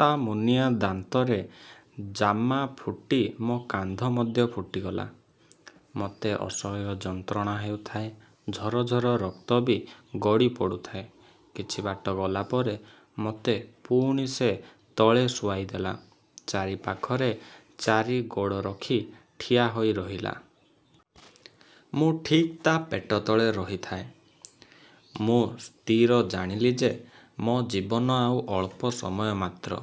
ତା' ମୁନିଆଁ ଦାନ୍ତରେ ଜାମା ଫୁଟି ମୋ କାନ୍ଧ ମଧ୍ୟ ଫୁଟିଗଲା। ମୋତେ ଅସହ୍ୟ ଯନ୍ତ୍ରଣା ହେଉଥାଏ; ଝରଝର ରକ୍ତ ବି ଗଡ଼ି ପଡ଼ୁଥାଏ। କିଛି ବାଟ ଗଲା ପରେ ମୋତେ ପୁଣି ସେ ତଳେ ଶୁଆଇ ଦେଲା। ଚାରିପାଖରେ ଚାରି ଗୋଡ଼ ରଖି ଠିଆ ହୋଇ ରହିଲା। ମୁଁ ଠିକ୍ ତା' ପେଟ ତଳେ ରହିଥାଏଁ। ମୁଁ ସ୍ଥିର ଜାଣିଲି ଯେ, ମୋ ଜୀବନ ଆଉ ଅଳ୍ପ ସମୟ ମାତ୍ର।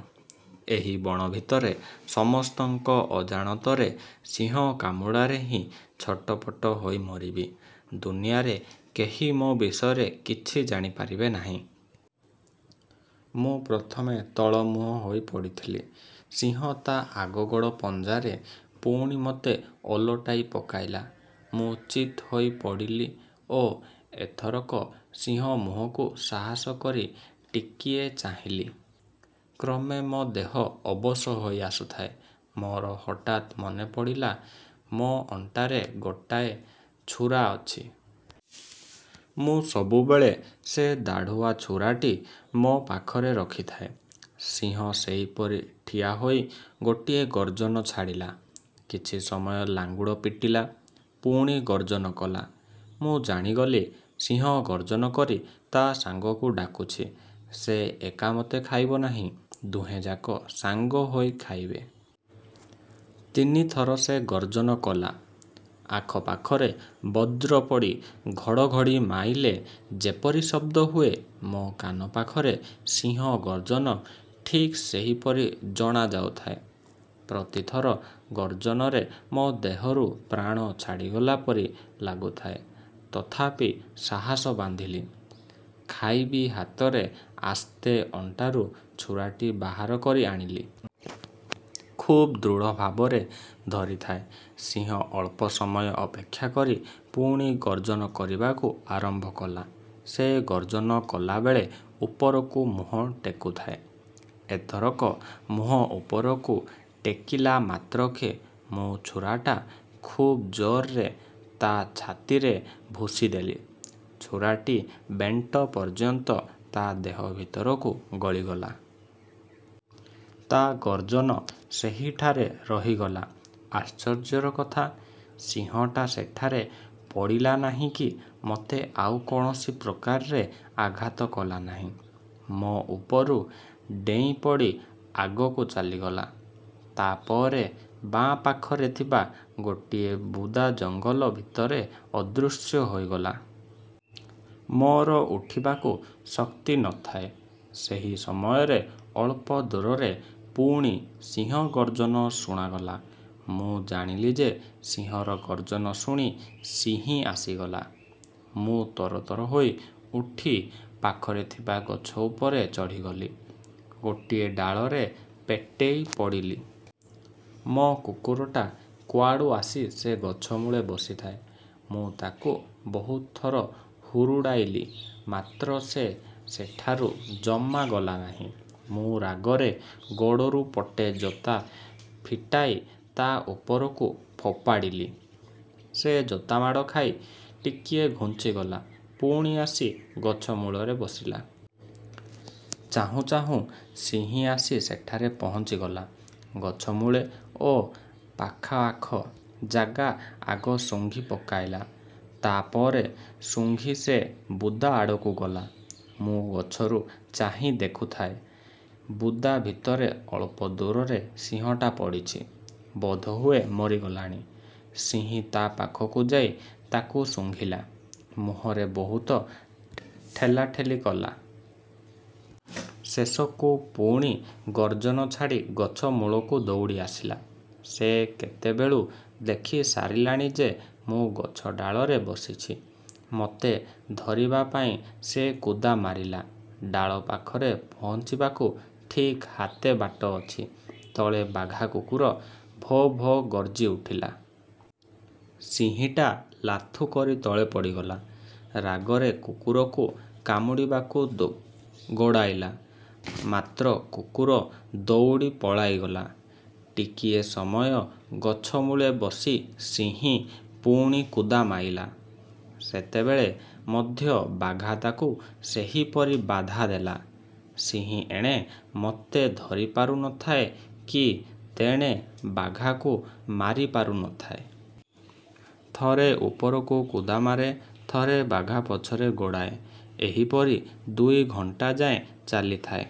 ଏହି ବଣ ଭିତରେ ସମସ୍ତଙ୍କ ଅଜାଣତରେ ସିଂହ କାମୁଡ଼ାରେ ହିଁ ଛଟପଟ ହୋଇ ମରିବି। ଦୁନିଆରେ କେହି ମୋ ବିଷୟରେ କିଛି ଜାଣିପାରିବେ ନାହିଁ। ମୁଁ ପ୍ରଥମେ ତଳମୁହଁ। ହୋଇ ପଡ଼ିଥିଲି ସିଂହ ତା' ଆଗ ଗୋଡ଼ ପଞ୍ଝାରେ ପୁଣି ମୋତେ ଓଲଟାଇ ପକାଇଲା। ମୁଁ ଚିତ୍ ହୋଇ ପଡ଼ିଲି ଓ ଏଥରକ ସିଂହ ମୁହଁକୁ ସାହସ କରି ଟିକିଏ ଚାହିଁଲି-। କ୍ରମେ ମୋ ଦେହ ଅବଶ ହୋଇ ଆସୁଥାଏ। ମୋର ହଠାତ୍ ମନେ ପଡ଼ିଗଲା, ମୋ ଅଣ୍ଟାରେ ଗୋଟାଏ ଛୁରା ଅଛି। ମୁଁ ସବୁବେଳେ ସେ ଦାଢ଼ୁଆ ଛୁରାଟି ମୋ ପାଖରେ ରଖିଥାଏ। ସିଂହ ସେହିପରି ଠିଆ ହୋଇ ଗୋଟାଏ ଗର୍ଜନ ଛାଡ଼ିଲା। କିଛି ସମୟ ଲାଙ୍ଗୁଡ଼ ପିଟିଲା; ପୁଣି ଗର୍ଜନ କଲା। ମୁଁ ଜାଣିଗଲି, ସିଂହ ଗର୍ଜନ କରି ତା' ସାଙ୍ଗକୁ ଡାକୁଛି। ସେ ଏକା ମୋତେ ଖାଇବ ନାହିଁ; ଦୁହେଁଯାକ ସାଙ୍ଗ ହୋଇ ଖାଇବେ। ତିନି ଥର ସେ ଗର୍ଜନ କଲା। ଆଖପାଖରେ ବଜ୍ର ପଡ଼ି ଘଡ଼ଘଡ଼ି ମାଇଲେ ଯେପରି ଶବ୍ଦ ହୁଏ, ମୋ କାନପାଖରେ ସିଂହ ଗର୍ଜନ ଠିକ୍ ସେହିପରି ଜଣାଯାଉଥାଏ। ପ୍ରତିଥର ଗର୍ଜନରେ ମୋ ଦେହରୁ ପ୍ରାଣ ଛାଡ଼ିଗଲା ପରି ଲାଗୁଥାଏ। ତଥାପି ସାହସ ବାନ୍ଧିଲି। ଖାଇବି ହାତରେ ଆସ୍ତେ ଅଣ୍ଟାରୁ ଛୁରାଟି ବାହାର କରି ଆଣିଲି। ଖୁବ ଦୃଢ଼ଭାବରେ ଧରିଥାଏ। ସିଂହ ଅଳ୍ପ ସମୟ ଅପେକ୍ଷା କରି ପୁଣି ଗର୍ଜନ କରିବାକୁ ଆରମ୍ଭ କଲା। ସେ ଗର୍ଜନ କଲାବେଳେ ଉପରକୁ ମୁହଁ ଟେକୁଥାଏ। ଏଥରକ ମୁହଁ ଉପରକୁ ଟେକିଲା ମାତ୍ରକେ ମୁଁ ଛୁରାଟା ଖୁବ୍ ଜୋରରେ ତା' ଛାତିରେ ଭୁଷିଦେଲି। ଛୁରାଟି ବେଣ୍ଟ ପର୍ଯ୍ୟନ୍ତ ତା' ଦେହ ଭିତରକୁ ଗଳିଗଲା। ତା' ଗର୍ଜନ ସେହିଠାରେ ରହିଗଲା। ଆଶ୍ଚର୍ଯ୍ୟର କଥା, ସିଂହଟା ସେଠାରେ ପଡ଼ିଲା ନାହିଁ କି ମୋତେ ଆଉ କୌଣସି ପ୍ରକାରେ ଆଘାତ କଲା ନାହିଁ। ମୋ ଉପରୁ ଡେଇଁପଡ଼ି ଆଗକୁ ଚାଲିଗଲା। ତା'ପରେ ବାଁ ପାଖରେ ଥିବା ଗୋଟାଏ ବୁଦା ଜଙ୍ଗଲ ଭିତରେ ଅଦୃଶ୍ୟ ହୋଇଗଲା। ମୋର ଉଠିବାକୁ ଶକ୍ତି ନ ଥାଏ। ସେହି ସମୟରେ ଅଳ୍ପ ଦୂରରେ ପୁଣି ସିଂହ ଗର୍ଜନ ଶୁଣାଗଲା। ମୁଁ ଜାଣିଲି ଯେ, ସିଂହର ଗର୍ଜନ ଶୁଣି ସିଂହୀ ଆସିଗଲା। ମୁଁ ତରତର ହୋଇ ଉଠି ପାଖରେ ଥିବା ଗଛ ଉପରେ ଚଢ଼ିଗଲି। ଗୋଟାଏ ଡାଳରେ ପେଟେଇ ପଡ଼ିଲି। ମୋ କୁକୁରଟା କୁଆଡ଼ୁ ଆସି ସେ ଗଛମୂଳେ ବସିଥାଏ। ମୁଁ ତାକୁ ବହୁତ ଥର ହୁରୁଡ଼ାଇଲି; ମାତ୍ର ସେ ସେଠାରୁ ଜମା ଗଲା ନାହିଁ। ମୁଁ ରାଗରେ ଗୋଡ଼ରୁ ପଟେ ଜୋତା ଫିଟାଇ ତା' ଉପରକୁ ଫୋପାଡ଼ିଲି। ସେ ଜୋତା ମାଡ଼ ଖାଇ ଟିକିଏ ଘୁଞ୍ଚିଗଲା, ପୁଣି ଆସି ଗଛମୂଳେ ବସିଲା। ଚାହୁଁ ଚାହୁଁ ସିଂହୀ ଆସି ସେଠାରେ ପହଞ୍ଚିଗଲା, ଗଛମୂଳେ ଓ ପାଖଆଖ ଜାଗା ଆଗ ଶୁଙ୍ଘି ପକାଇଲା। ତା'ପରେ ଶୁଙ୍ଘି ସେ ବୁଦାଆଡ଼କୁ ଗଲା। ମୁଁ ଗଛରୁ ଚାହିଁ ଦେଖୁଥାଏଁ, ବୁଦା ଭିତରେ ଅଳ୍ପ ଦୂରରେ ସିଂହଟା ପଡ଼ିଛି-ବୋଧହୁଏ ମରିଗଲାଣି। ସିଂହୀ ତା' ପାଖକୁ ଯାଇ ତାକୁ ଶୁଙ୍ଘିଲା, ମୁହଁରେ ବହୁତ ଠେଲାଠେଲି କଲା। ଶେଷକୁ ପୁଣି ଗର୍ଜନ ଛାଡ଼ି ଗଛ ମୂଳକୁ ଦଉଡ଼ି ଆସିଲା। ସେ କେତେବେଳୁ ଦେଖିସାରିଲାଣି ଯେ, ମୁଁ ଗଛ ଡାଳରେ ବସିଛି। ମୋତେ ଧରିବା ପାଇଁ ସେ କୁଦା ମାଇଲା। ଡାଳ ପାଖରେ ପହଞ୍ଚିବାକୁ ଠିକ୍ ହାତେ ବାଟ ଅଛି, ତଳେ ବାଘା କୁକୁର ଭୋ ଭୋ ଗର୍ଜିଉଠିଲା। ସିଂହୀଟା ଲାଥୁ କରି ତଳେ ପଡ଼ିଗଲା। ରାଗରେ କୁକୁରକୁ କାମୁଡ଼ିବାକୁ ଗୋଡ଼ାଇଲା; ମାତ୍ର କୁକୁର ଦଉଡ଼ି ପଳାଇଗଲା। ଟିକିଏ ସମୟ ଗଛମୂଳେ ବସି ସିଂହୀ ପୁଣି କୁଦା ମାଇଲା। ସେତେବେଳେ ମଧ୍ୟ ବାଘା ତାକୁ ସେହିପରି ବାଧା ଦେଲା। ସିଂହୀ ଏଣେ ମୋତେ ଧରିପାରୁ ନ ଥାଏ, କି ତେଣେ ବାଘାକୁ ମାରିପାରୁ ନ ଥାଏ। ଥରେ ଉପରକୁ କୁଦା ମାରେ, ଥରେ ବାଘା ପଛରେ ଗୋଡ଼ାଏ-ଏହିପରି ଦୁଇ ଘଣ୍ଟାଯାଏ ଚାଲିଥାଏ।